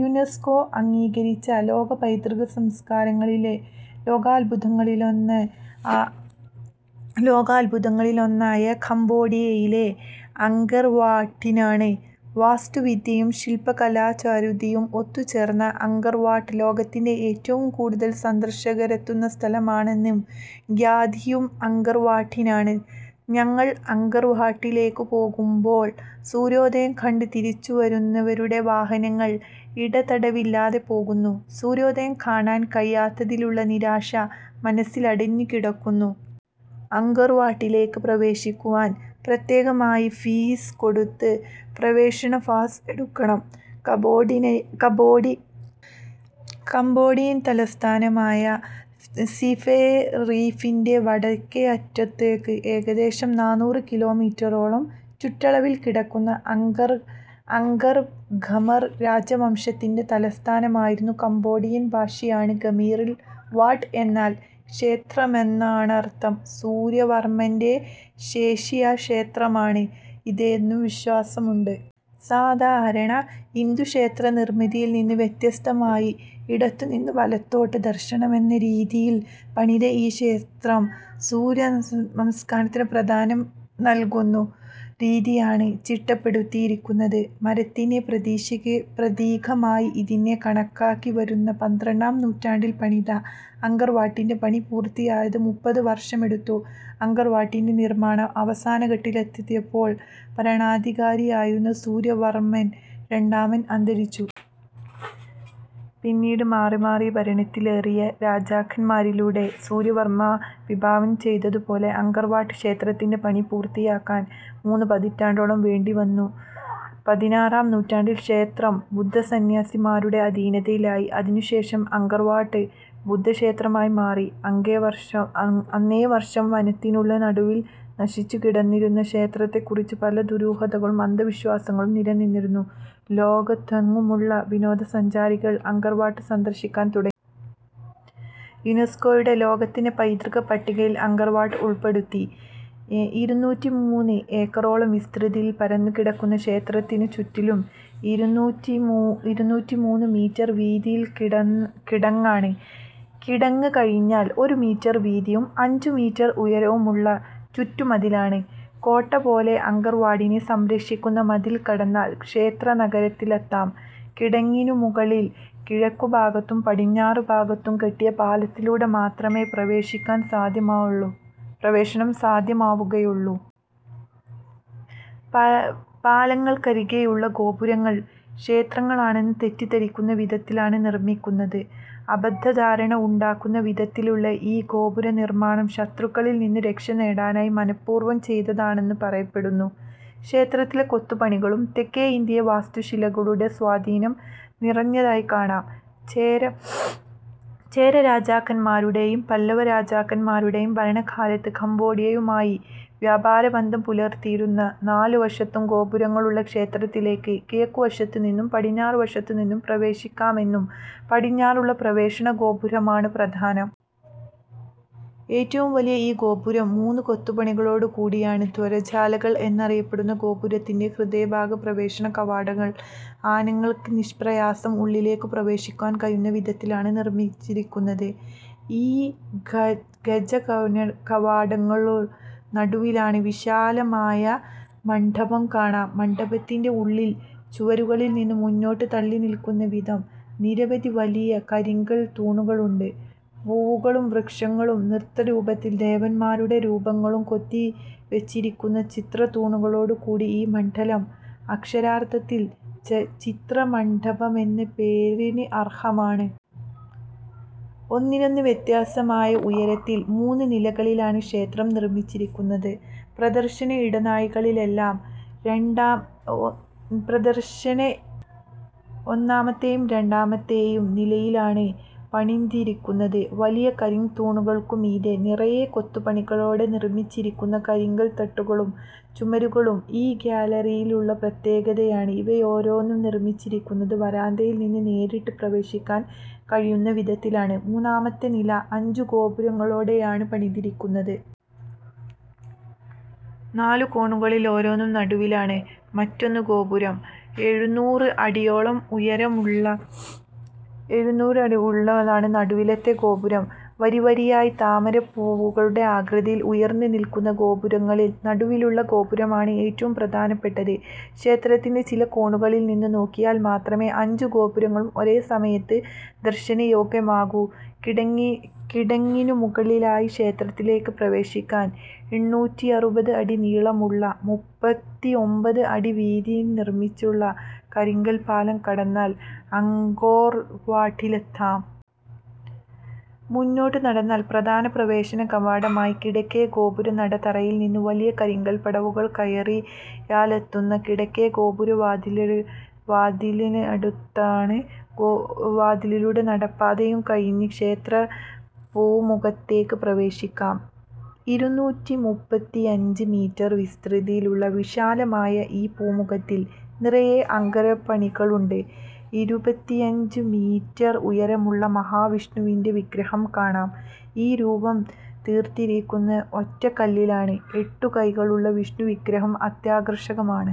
UNESCO അംഗീകരിച്ച ലോക പൈതൃകസ്മാരകങ്ങളിൽ പ്രഥമസ്ഥാനം ലോകാദ്ഭുതങ്ങളിലൊന്നായ കംബോഡിയയിലെ അങ്കൊർ വാട്ടിനാണ്. വാസ്തുവിദ്യയും ശില്പകലാചാതുരിയും ഒത്തുചേർന്ന അങ്കൊർ വാട്ട്. ലോകത്തെ ഏറ്റവും കൂടുതൽ സന്ദർശകരെത്തുന്ന സ്ഥലമെന്ന ഖ്യാതിയും അങ്കൊർ വാട്ടിനാണ്. ഞങ്ങൾ അങ്കൊർ വാട്ടിലേക്കു പോകുമ്പോൾ സൂര്യോദയം കണ്ട് തിരിച്ചുവരുന്നവരുടെ വാഹനങ്ങൾ ഇടതടവില്ലാതെ പോകുന്നു. സൂര്യോദയം കാണാൻ കഴിയാഞ്ഞതിലുള്ള നിരാശ മനസ്സിലടിഞ്ഞുകിടന്നു. അങ്കൊർ വാട്ടിലേക്ക് പ്രവേശിക്കാൻ പ്രത്യേകമായി ഫീസ് കൊടുത്ത് പ്രവേശന പാസ് എടുക്കണം. കംബോഡിയൻ തലസ്ഥാനമായ സിയെംറീഫിന്റെ വടക്കേയറ്റത്ത് ഏകദേശം നാനൂറ് കിലോമീറ്ററോളം ചുറ്റളവിൽക്കിടക്കുന്ന അങ്കൊർ, ഖമർ രാജവംശത്തിന്‍റെ തലസ്ഥാനമായിരുന്നു. കംബോഡിയൻ ഭാഷയായ ഖമീറിൽ ' വാട്ട് ' എന്നാൽ ക്ഷേത്രമെന്നാണർഥം. സൂര്യവർമന്റെ ശേഷക്രിയാക്ഷേത്രമാണ് ഇതെന്നും ഒരു വിശ്വാസമുണ്ട്. സാധാരണ ഹിന്ദുക്ഷേത്രനിർമിതിയിൽനിന്ന് വ്യത്യസ്തമായി ഇടത്തുനിന്ന് വലത്തോട്ട് ദർശനമെന്ന രീതിയിൽ പണിത ഈ ക്ഷേത്രം സൂര്യാസ്തമനത്തിന് പ്രാമുഖ്യം നൽകുന്ന രീതിയിലാണ് ചിട്ടപ്പെടുത്തിയിരിക്കുന്നത്. മരണത്തിന്‍റെ പ്രതീകമായി ഇതിനെ കണക്കാക്കിവരുന്നു. പന്ത്രണ്ടാം നൂറ്റാണ്ടിൽ പണിത അങ്കൊർ വട്ടിന്‍റെ പണി പൂർത്തിയാക്കാൻ മുപ്പത് വർഷമെടുത്തു. അങ്കൊർ വട്ടിന്‍റെ നിർമാണം അവസാനഘട്ടത്തിലെത്തിയപ്പോൾ ഭരണാധികാരിയായിരുന്ന സൂര്യവർമൻ രണ്ടാമൻ അന്തരിച്ചു. പിന്നീട് മാറിമാറി ഭരണത്തിലേറിയ രാജാക്കന്മാരിലൂടെ, സൂര്യവർമൻ വിഭാവനംചെയ്തതുപോലെയുള്ള അങ്കൊർ വാട്ട് ക്ഷേത്രത്തിന്റെ പണി പൂർത്തിയാക്കാൻ മൂന്നുപതിറ്റാണ്ടോളം വേണ്ടിവന്നു. പതിനാറാം നൂറ്റാണ്ടിൽ ക്ഷേത്രം ബുദ്ധസന്ന്യാസിമാരുടെ അധീനതയിലായി. അതിനുശേഷം അങ്കൊർ വാട്ട് ബുദ്ധക്ഷേത്രമായി മാറി. അനേകവർഷം വനത്തിനു നടുവിൽ നശിച്ചുകിടന്നിരുന്ന ക്ഷേത്രത്തെക്കുറിച്ച് പല ദുരൂഹതകളും അന്ധവിശ്വാസങ്ങളും നിലനിന്നിരുന്നു. ലോകത്തെങ്ങുമുള്ള വിനോദസഞ്ചാരികൾ അങ്കൊർ വാട്ട് സന്ദർശിക്കാൻ തുടങ്ങി. യുനെസ്കോയുടെ ലോക പൈതൃകപ്പട്ടികയിൽ അങ്കൊർവാട്ട് ഉൾപ്പെടുത്തി. ഇരുന്നൂറ്റിമൂന്ന് ഏക്കറോളം വിസ്തൃതിയിൽ പരന്നുകിടക്കുന്ന ക്ഷേത്രത്തിനുചുറ്റിലും ഇരുന്നൂറ്റിമൂന്ന് മീറ്റർ വീതിയുള്ള കിടങ്ങാണ്. കിടങ്ങ് കഴിഞ്ഞാൽ ഒരു മീറ്റർ വീതിയിലും അഞ്ചുമീറ്റർ ഉയരത്തിലുമുള്ള ചുറ്റുമതിലാണ്. കോട്ടപോലെ, അങ്കൊർവാട്ടിനെ സംരക്ഷിക്കുന്ന മതിൽ കടന്നാൽ ക്ഷേത്രനഗരത്തിലെത്താം. കിടങ്ങിനു മുകളിൽ കിഴക്കുഭാഗത്തും പടിഞ്ഞാറുഭാഗത്തും കെട്ടിയ പാലങ്ങളിലൂടെ മാത്രമേ പ്രവേശിക്കാൻ സാധിക്കുകയുള്ളൂ. പാലങ്ങൾക്കരികിലുള്ള ഗോപുരങ്ങൾ ക്ഷേത്രമാണെന്ന് തെറ്റിദ്ധരിക്കുന്ന വിധത്തിലാണ് നിർമിച്ചിരിക്കുന്നത്. അബദ്ധധാരണ ഉണ്ടാക്കുന്ന വിധത്തിലുള്ള ഈ ഗോപുരനിർമാണം ശത്രുക്കളിൽനിന്ന് രക്ഷനേടാനായി മനഃപൂർവം ചെയ്തതാണെന്ന് പറയപ്പെടുന്നു. ക്ഷേത്രത്തിലെ കൊത്തുപണികളിൽ തെക്കെ ഇന്ത്യയിലെ വാസ്തുശില്പകലകളുടെ സ്വാധീനം നിറഞ്ഞുകാണാം. ചോളരാജാക്കന്മാരുടെയും പല്ലവരാജാക്കന്മാരുടെയും ഭരണകാലത്ത് കംബോഡിയയുമായി വ്യാപാരബന്ധം പുലർത്തിയിരുന്നു. നാലുവശത്തും ഗോപുരങ്ങളുള്ള ക്ഷേത്രത്തിലേക്ക് കിഴക്കുവശത്തുനിന്നും പടിഞ്ഞാറുവശത്തുനിന്നും പ്രവേശിക്കാമെങ്കിലും പടിഞ്ഞാറുള്ള പ്രവേശനഗോപുരമാണ് പ്രധാനം. ഏറ്റവും വലിയ ഈ ഗോപുരം മൂന്നു കൊത്തളങ്ങളോടുകൂടിയതാണ്. ഗജദ്വാരങ്ങൾ എന്നറിയപ്പെടുന്ന ഗോപുരത്തിന്റെ ബൃഹത്തായ പ്രവേശനകവാടങ്ങൾ ആനകൾക്ക് നിഷ്പ്രയാസം ഉള്ളിലേക്കു പ്രവേശിക്കാൻ കഴിയുന്ന വിധത്തിലാണ് നിർമിച്ചിരിക്കുന്നത്. ഈ ഗജകവാടങ്ങൾക്കു നടുവിലായി വിശാലമായൊരു മണ്ഡപം കാണാം. മണ്ഡപത്തിന്‍റെ ഉള്ളിലെ ചുവരിൽനിന്ന് മുന്നോട്ടു തള്ളിനിൽക്കുന്നവിധത്തിൽ നിരവധി വലിയ കരിങ്കൽത്തൂണുകളുണ്ട്. പൂവുകളും വൃക്ഷലതാദികളും നൃത്തരൂപങ്ങളും ദേവന്മാരുടെ രൂപങ്ങളും കൊത്തിവെച്ചിരിക്കുന്ന, ചിത്രത്തൂണുകളോടുകൂടിയ ഈ മണ്ഡപം അക്ഷരാർഥത്തിൽ ചിത്രമണ്ഡപം എന്ന പേരിന് അർഹമാണ്. ഒന്നിനൊന്ന് വ്യത്യസ്തമായ ഉയരത്തിൽ മൂന്നുനിലകളായാണ് ക്ഷേത്രം നിർമിച്ചിരിക്കുന്നത്. പ്രദർശന ഇടനാഴികളെല്ലാം ഒന്നാമത്തെയും രണ്ടാമത്തെയും നിലയിലായാണ് പണിതിരിക്കുന്നത്. വലിയ കരിങ്കൽത്തൂണുകൾക്കു മീതെ നിറയെ കൊത്തുപണികളോടെ നിർമിച്ചിരിക്കുന്ന കരിങ്കൽത്തട്ടുകളും ചുമരുകളും ഈ ഗാലറികളുടെ പ്രത്യേകതയാണ്. ഇവയോരോന്നും നിർമിച്ചിരിക്കുന്നത്, വരാന്തകളിൽനിന്ന് നേരിട്ട് പ്രവേശിക്കാൻ കഴിയുന്ന വിധത്തിലാണ്. മൂന്നാമത്തെ നില അഞ്ചുഗോപുരങ്ങളോടെയാണ് പണിതിരിക്കുന്നത്. നാലു കോണുകളിൽ ഓരോന്നും നടുവിലായി മറ്റൊരു ഗോപുരവും. എഴുനൂറ് അടിയോളം ഉയരമുള്ളതാണ് നടുവിലത്തെ ഗോപുരം. വരിവരിയായി താമരപ്പൂക്കളുടെ ആകൃതിയിൽ ഉയർന്നുനിൽക്കുന്ന ഗോപുരങ്ങളിൽ നടുവിലുള്ള ഗോപുരമാണ് ഏറ്റവും പ്രധാനപ്പെട്ടത്. ക്ഷേത്രത്തിന്‍റെ ചില കോണുകളിൽനിന്ന് നോക്കിയാൽ മാത്രമേ അഞ്ചു ഗോപുരങ്ങളും ഒരേസമയത്ത് ദർശനയോഗ്യമാകൂ. കിടങ്ങിനുമുകളിലായി ക്ഷേത്രത്തിലേക്ക് പ്രവേശിക്കാൻ എന്നൂറ്റിയിരുപത് അടി നീളത്തിലും മൂപ്പത്തിഒമ്പത് അടി വീതിയിലും നിർമിച്ചിരിക്കുന്ന കരിങ്കൽപ്പാലം കടന്നാൽ അങ്കൊർ വാട്ടിലെത്താം. മുന്നോട്ടു നടന്നാൽ പ്രധാന പ്രവേശനകവാടമായ കിഴക്കേ ഗോപുരനട. തറയിൽനിന്ന് വലിയ കരിങ്കൽപ്പടവുകൾ കയറിയാലെത്തുന്നത് കിഴക്കേ ഗോപുരവാതിൽക്കലാണ്. ഗോപുരവാതിലിലൂടെ നടപ്പന്തലും കഴിഞ്ഞ് ക്ഷേത്രപൂമുഖത്തിലേക്ക് പ്രവേശിക്കാം. ഇരുന്നൂറ്റിമൂപ്പത്തിയഞ്ച് മീറ്റർ വിസ്തീർണമുള്ള വിശാലമായ ഈ പുമുഖത്തിൽ നിറയെ അലങ്കാരക്കൊത്തുപണികളുണ്ട്. ഇരുപത്തിയഞ്ച് മീറ്റർ ഉയരമുള്ള, മഹാവിഷ്ണുവിന്‍റെ വിഗ്രഹം കാണാം. ഈ രൂപം തീർത്തിരിക്കുന്നത് ഒറ്റക്കല്ലിലാണ്. എട്ടു കൈകളുള്ള വിഷ്ണുവിഗ്രഹം അത്യാകർഷകമാണ്.